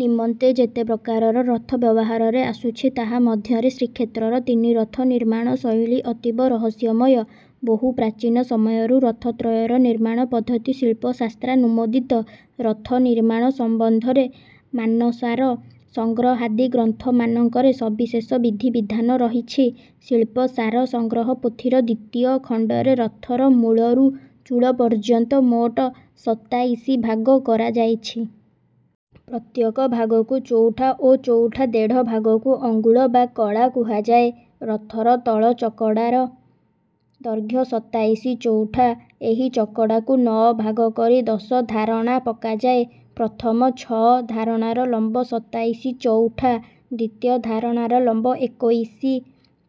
ନିମନ୍ତେ ଯେତେ ପ୍ରକାରର ରଥ ବ୍ୟବହାରରେ ଆସୁଛି, ତାହା ମଧ୍ୟରେ ଶ୍ରୀକ୍ଷେତ୍ରର ତିନି ରଥ ନିର୍ମାଣ ଶୈଳୀ ଅତୀବ ରହସ୍ୟମୟ। ବହୁ ପ୍ରାଚୀନ ସମୟରୁ ରଥତ୍ରୟର ନିର୍ମାଣ ପଦ୍ଧତି ଶିଳ୍ପଶାସ୍ତ୍ରାନୁମୋଦିତ। ରଥ ନିର୍ମାଣ ସମ୍ବନ୍ଧରେ ମାନସାର ସଂଗ୍ରହାଦି ଗ୍ରନ୍ଥମାନଙ୍କରେ ସବିଶେଷ ବିଧିବିଧାନ ରହିଛି। ଶିଳ୍ପସାର ସଂଗ୍ରହ ପୋଥିର ଦ୍ୱିତୀୟ ଖଣ୍ଡରେ ରଥର ମୂଳରୁ ଚୂଳ ପର୍ଯ୍ୟନ୍ତ ମୋଟ ସତାଇଶି ଭାଗ କରାଯାଇଛି। ପ୍ରତ୍ୟେକ ଭାଗକୁ ଚଉଠା ଓ ଚଉଠା ଦେଢ଼ ଭାଗକୁ ଅଙ୍ଗୁଳ ବା କଳା କୁହାଯାଏ। ରଥର ତଳ ଚକଡ଼ାର ଦୈର୍ଘ୍ୟ ସତାଇଶି ଚଉଠା। ଏହି ଚକଡ଼ାକୁ ନଅ ଭାଗ କରି ଦଶ ଧାରଣା ପକାଯାଏ। ପ୍ରଥମ ଛଅ ଧାରଣାର ଲମ୍ବ ସତାଇଶି ଚଉଠା, ଦ୍ୱିତୀୟ ଧାରଣାର ଲମ୍ବ ଏକୋଇଶି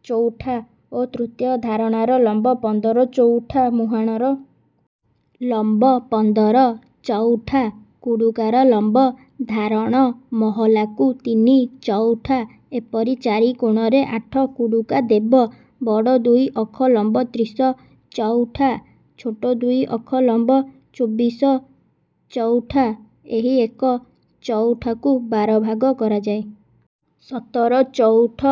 ଚଉଠା ଓ ତୃତୀୟ ଧାରଣାର ଲମ୍ବ ପନ୍ଦର ଚଉଠା। ମୁହାଣର ଲମ୍ବ ପନ୍ଦର ଚଉଠା, କୁଡ଼ୁକାର ଲମ୍ବ ଧାରଣ ମହଲାକୁ ତିନି ଚଉଠା, ଏପରି ଚାରି କୋଣରେ ଆଠ କୁଡ଼ୁକା ଦେବ। ବଡ଼ ଦୁଇ ଅଖ ଲମ୍ବ ତ୍ରିଶ ଚଉଠା, ଛୋଟ ଦୁଇ ଅଖ ଲମ୍ବ ଚୋବିଶ ଚଉଠା। ଏହି ଏକ ଚଉଠାକୁ ବାର ଭାଗ କରାଯାଏ। ସତର ଚଉଠ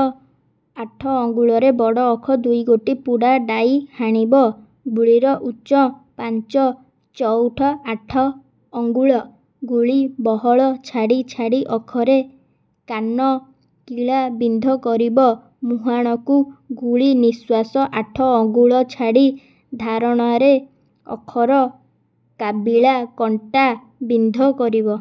ଆଠ ଅଙ୍ଗୁଳରେ ବଡ଼ ଅଖ ଦୁଇଗୋଟି ପୁଡ଼ା ଡାଇ ହାଣିବ। ଗୁଳିର ଉଚ୍ଚ ପାଞ୍ଚ ଚଉଠ ଆଠ ଅଙ୍ଗୁଳ। ଗୁଳି ବହଳ ଛାଡ଼ି ଛାଡ଼ି ଅଖରେ କାନ କିଳା ବିନ୍ଧ କରିବ। ମୁହାଣକୁ ଗୁଳି ନିଶ୍ୱାସ ଆଠ ଅଙ୍ଗୁଳ ଛାଡ଼ି ଧାରଣାରେ ଅଖର କାବିଳା କଣ୍ଟା ବିନ୍ଧ କରିବ।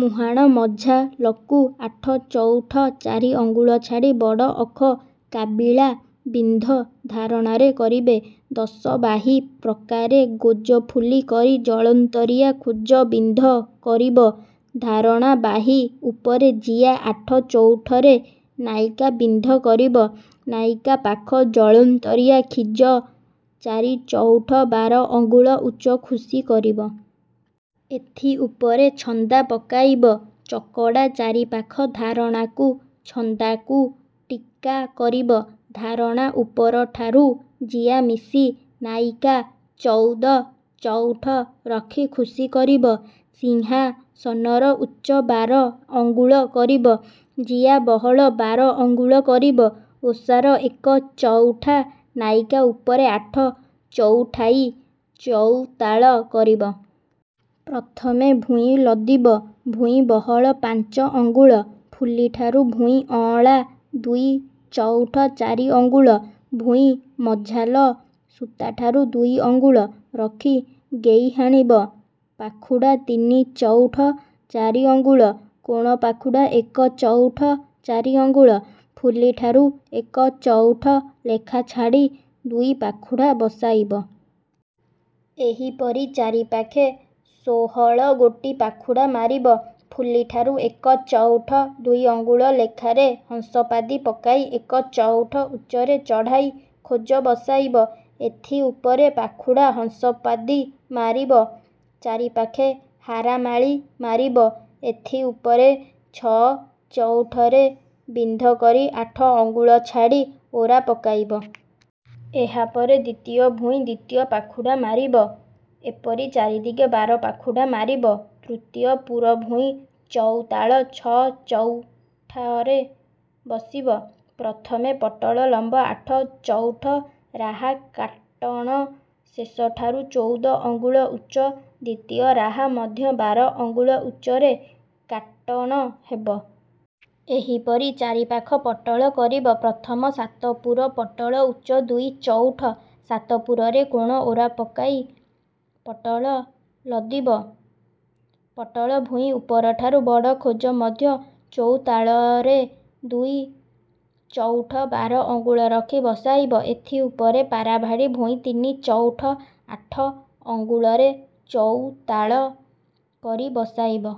ମୁହାଣ ମଝାଲକୁ ଆଠ ଚଉଠ ଚାରି ଅଙ୍ଗୁଳ ଛାଡ଼ି ବଡ଼ ଅଖ କାବିଳା ବିନ୍ଧ ଧାରଣାରେ କରିବେ। ଦଶ ବାହି ପ୍ରକାରେ ଗୋଜଫୁଲି କରି ଜଳନ୍ତରିଆ ଖୋଜ ବିନ୍ଧ କରିବ। ଧାରଣା ବାହି ଉପରେ ଜିଆ ଆଠ ଚଉଠରେ ନାଇକା ବିନ୍ଧ କରିବ। ନାଇକା ପାଖ ଜଳନ୍ତରିଆ ଖିଜ ଚାରି ଚଉଠ ବାର ଅଙ୍ଗୁଳ ଉଚ୍ଚ ଖୁସି କରିବ। ଏଥି ଉପରେ ଛନ୍ଦା ପକାଇବ। ଚକଡ଼ା ଚାରିପାଖ ଧାରଣାକୁ ଛନ୍ଦାକୁ ଟୀକା କରିବ। ଧାରଣା ଉପରଠାରୁ ଜିଆ ମିଶି ନାଇକା ଚଉଦ ଚଉଠ ରଖି ଖୁସି କରିବ। ସିଂହାସନର ଉଚ୍ଚ ବାର ଅଙ୍ଗୁଳ କରିବ। ଜିଆ ବହଳ ବାର ଆଙ୍ଗୁଳ କରିବ। ଓସାର ଏକ ଚଉଠା, ନାଇକା ଉପରେ ଆଠ ଚଉଠାଇ ଚଉତାଳ କରିବ। ପ୍ରଥମେ ଭୂଇଁ ଲଦିବ। ଭୂଇଁ ବହଳ ପାଞ୍ଚ ଅଙ୍ଗୁଳ, ଫୁଲିଠାରୁ ଭୂଇଁ ଅଁଳା ଦୁଇ ଚଉଠ ଚାରି ଅଙ୍ଗୁଳ। ଭୂଇଁ ମଝାଲ ସୂତାଠାରୁ ଦୁଇ ଅଙ୍ଗୁଳ ରଖି ଗୈ ହାଣିବ। ପାଖୁଡ଼ା ତିନି ଚଉଠ ଚାରି ଅଙ୍ଗୁଳ, କୋଣ ପାଖୁଡ଼ା ଏକ ଚଉଠ ଚାରି ଅଙ୍ଗୁଳ, ଫୁଲିଠାରୁ ଏକ ଚଉଠ ଲେଖା ଛାଡ଼ି ଦୁଇ ପାଖୁଡ଼ା ବସାଇବ। ଏହିପରି ଚାରିପାଖେ ଷୋହଳଗୋଟି ପାଖୁଡ଼ା ମାରିବ। ଫୁଲିଠାରୁ ଏକ ଚଉଠ ଦୁଇ ଅଙ୍ଗୁଳ ଲେଖାରେ ହଂସପାଦି ପକାଇ ଏକ ଚଉଠ ଉଚ୍ଚରେ ଚଢ଼େଇ ଖୋଜ ବସାଇବ। ଏଥି ଉପରେ ପାଖୁଡ଼ା ହଂସପାଦି ମାରିବ। ଚାରିପାଖେ ହାରାମାଳି ମାରିବ। ଏଥି ଉପରେ ଛଅ ଚଉଠରେ ବିନ୍ଧ କରି ଆଠ ଅଙ୍ଗୁଳ ଛାଡ଼ି ଓରା ପକାଇବ। ଏହା ପରେ ଦ୍ୱିତୀୟ ଭୂଇଁ, ଦ୍ୱିତୀୟ ପାଖୁଡ଼ା ମାରିବ। ଏପରି ଚାରିଦିଗେ ବାର ପାଖୁଡ଼ା ମାରିବ। ତୃତୀୟ ପୁର ଭୂଇଁ ଚଉତାଳ ଛଅ ଚଉଠରେ ବସିବ। ପ୍ରଥମେ ପଟଳ ଲମ୍ବ ଆଠ ଚଉଠ, ରାହା କାଟଣ ଶେଷଠାରୁ ଚଉଦ ଅଙ୍ଗୁଳ ଉଚ୍ଚ, ଦ୍ୱିତୀୟ ରାହା ମଧ୍ୟ ବାର ଅଙ୍ଗୁଳ ଉଚ୍ଚରେ କାଟଣ ହେବ। ଏହିପରି ଚାରିପାଖ ପଟଳ କରିବ। ପ୍ରଥମ ସାତପୁର ପଟଳ ଉଚ୍ଚ ଦୁଇ ଚଉଠ, ସାତପୁରରେ କୋଣ ଓରା ପକାଇ ପଟଳ ଲଦିବ। ପଟଳ ଭୂଇଁ ଉପରଠାରୁ ବଡ଼ ଖୋଜ ମଧ୍ୟ ଚୌତାଳରେ ଦୁଇ ଚଉଠ ବାର ଅଙ୍ଗୁଳ ରଖି ବସାଇବ। ଏଥି ଉପରେ ପାରାଭାଡ଼ି ଭୂଇଁ ତିନି ଚଉଠ ଆଠ ଅଙ୍ଗୁଳରେ ଚଉତାଳ କରି ବସାଇବ।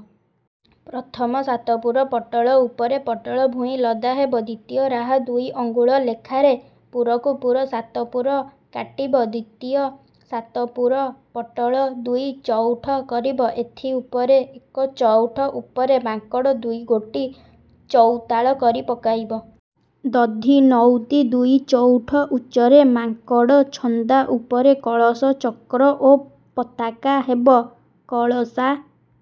ପ୍ରଥମ ସାତପୁର ପଟଳ ଉପରେ ପଟଳ ଭୂଇଁ ଲଦା ହେବ। ଦ୍ୱିତୀୟ ରାହା ଦୁଇ ଅଙ୍ଗୁଳ ଲେଖାରେ ପୁରକୁ ପୁର ସାତପୁର କାଟିବ। ଦ୍ୱିତୀୟ ସାତପୁର ପଟଳ ଦୁଇ ଚଉଠ କରିବ। ଏଥି ଉପରେ ଏକ ଚଉଠ ଉପରେ ମାଙ୍କଡ଼ ଦୁଇଗୋଟି ଚଉତାଳ କରି ପକାଇବ। ଦଧିନଉତି ଦୁଇ ଚଉଠ ଉଚ୍ଚରେ ମାଙ୍କଡ଼ଛନ୍ଦା ଉପରେ କଳସ, ଚକ୍ର ଓ ପତାକା ହେବ। କଳଶା